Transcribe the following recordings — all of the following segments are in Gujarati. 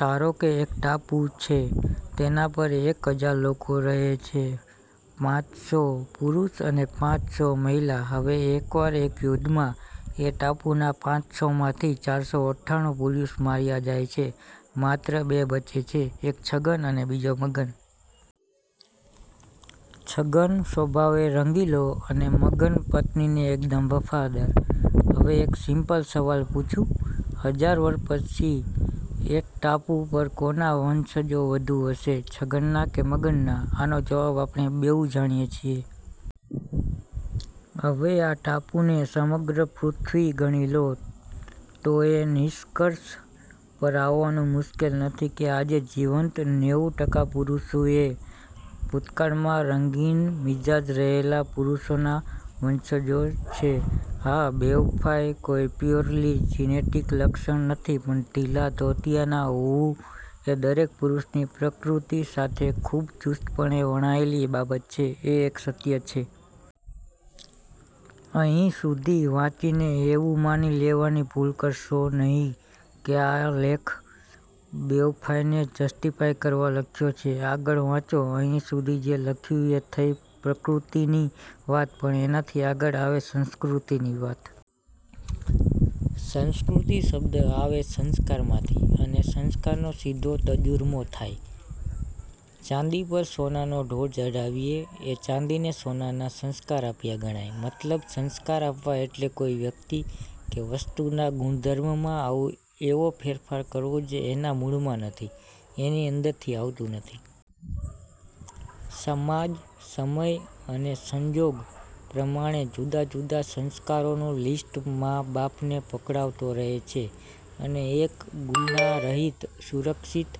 ધારોકે એક ટાપુ છે. તેના પર એક હજાર લોકો રહે છે: પાંચસો પુરુષ અને પાંચસો મહિલા. હવે, એક વાર એક યુદ્ધ માં, એ ટાપુના પાંચસો માંથી ચારસો અઠ્ઠાણું પુરુષ માર્યા જાય છે. માત્ર બે બચે છે: એક છગન અને બીજો મગન. છગન સ્વભાવે રંગીલો અને મગન પત્ની ને એકદમ વફાદાર. હવે, એક સિમ્પલ સવાલ પૂછું: હજાર વર્ષ પછી એ ટાપુ પર કોના વંશજો વધુ હશે, છગન ના કે મગન ના? આનો જવાબ આપણે બેઉ જાણીએ છીએ. હવે, આ ટાપુને સમગ્ર પૃથ્વી ગણી લો તો એ નિષ્કર્ષ પર આવવાનું મુશ્કેલ નથી કે આજે જીવંત નેવું ટકા પુરુષો એ ભૂતકાળ માં રંગીનમિજાજ રહેલા પુરુષોના વંશજો છે. હા, બેવફાઇ કોઈ પ્યોરલી જીનેટિક લક્ષણ નથી પણ ઢીલા ધોતિયાના હોવું એ દરેક પુરુષની પ્રકૃતિ સાથે ખૂબ ચુસ્તપણે વણાયેલી બાબત છે, એ એક સત્ય છે. અહીં સુધી વાંચીને એવું માની લેવાની ભૂલ કરશો નહિ કે આ લેખ બેવફાઈને જસ્ટીફાય કરવા લખ્યો છે. આગળ વાંચો: અહીં સુધી જે લખ્યું એ થઈ પ્રકૃતિની વાત. પણ એનાથી આગળ આવે સંસ્કૃતિ ની વાત. સંસ્કૃતિ શબ્દ આવે સંસ્કાર માંથી અને સંસ્કાર નો સીધો તજુરમો થાય. ચાંદી પર સોનાનો ઢોળ ચઢાવીએ એ ચાંદીને સોનાના સંસ્કાર આપ્યા ગણાય. મતલબ સંસ્કાર આપવા એટલે કોઈ વ્યક્તિ કે વસ્તુના ગુણધર્મ માં આવો એવો ફેરફાર કરવો જે એના મૂળમાં નથી, એની અંદરથી આવતું નથી. સમાજ સમય અને સંજોગ પ્રમાણે જુદા જુદા સંસ્કારોનું લીસ્ટ મા-બાપને પકડાવતો રહે છે, અને એક ગુનારહિત, સુરક્ષિત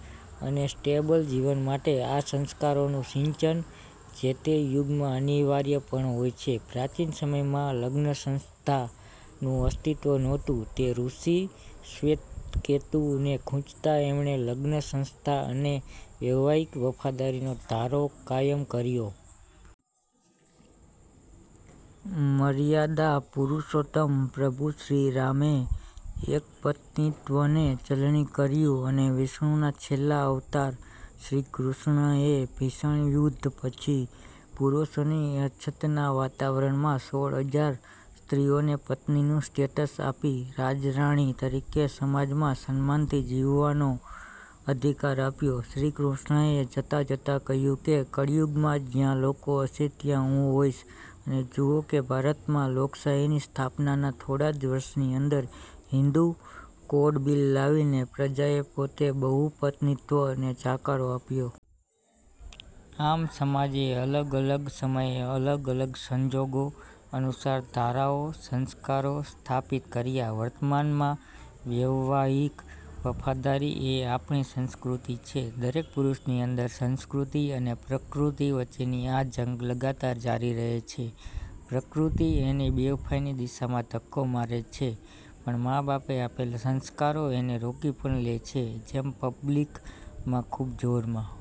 અને સ્ટેબલ જીવન માટે આ સંસ્કારો નું સિંચન જે તે યુગમાં અનિવાર્ય પણ હોય છે. પ્રાચીન સમયમાં લગ્નસંસ્થા નું અસ્તિત્વ નહોતું તે ઋષિ શ્વેતકેતુ ને ખુંચતા એમણે લગ્નસંસ્થા અને વૈવાહિક વફાદારી નો ધારો કાયમ કર્યો. મર્યાદાપુરુષોત્તમ પ્રભુ શ્રીરામે એકપત્નીત્વને ચલણી કર્યુ અને વિષ્ણુના છેલ્લા અવતાર શ્રીકૃષ્ણએ ભીષણ યુદ્ધ પછી પુરુષોની અછતના વાતાવરણમાં સોળ હજાર સ્ત્રીઓને પત્નીનું સ્ટેટસ આપી રાજરાણી તરીકે સમાજમાં સન્માનથી જીવવાનો અધિકાર આપ્યો. શ્રીકૃષ્ણ એ જતા જતા કહ્યું કે "કળયુગ માં જ્યાં લોકો હશે ત્યાં હું હોઈશ" અને જુઓ કે ભારતમાં લોકશાહીની સ્થાપનાના થોડાજ વર્ષની અંદર હિન્દુ કોડ બિલ લાવીને પ્રજાએ પોતે બહુપત્નિત્વ ને જાકારો આપ્યો. આમ, સમાજે અલગ અલગ સમયે અલગ અલગ સંજોગો અનુસાર ધારાઓ સંસ્કારો સ્થાપિત કર્યા. વર્તમાનમાં વૈવાહિક વફાદારી, એ આપણી સંસ્કૃતિ છે. દરેક પુરુષની અંદર સંસ્કૃતિ અને પ્રકૃતિ વચ્ચેની આ જંગ લગાતાર જારી રહે છે. પ્રકૃતિ એને બેવફાઈની દિશામાં ધક્કો મારે છે પણ માં-બાપે આપેલ સંસ્કારો એને રોકી પણ લે છે. જેમ પબ્લિક માં ખુબ જોરમાં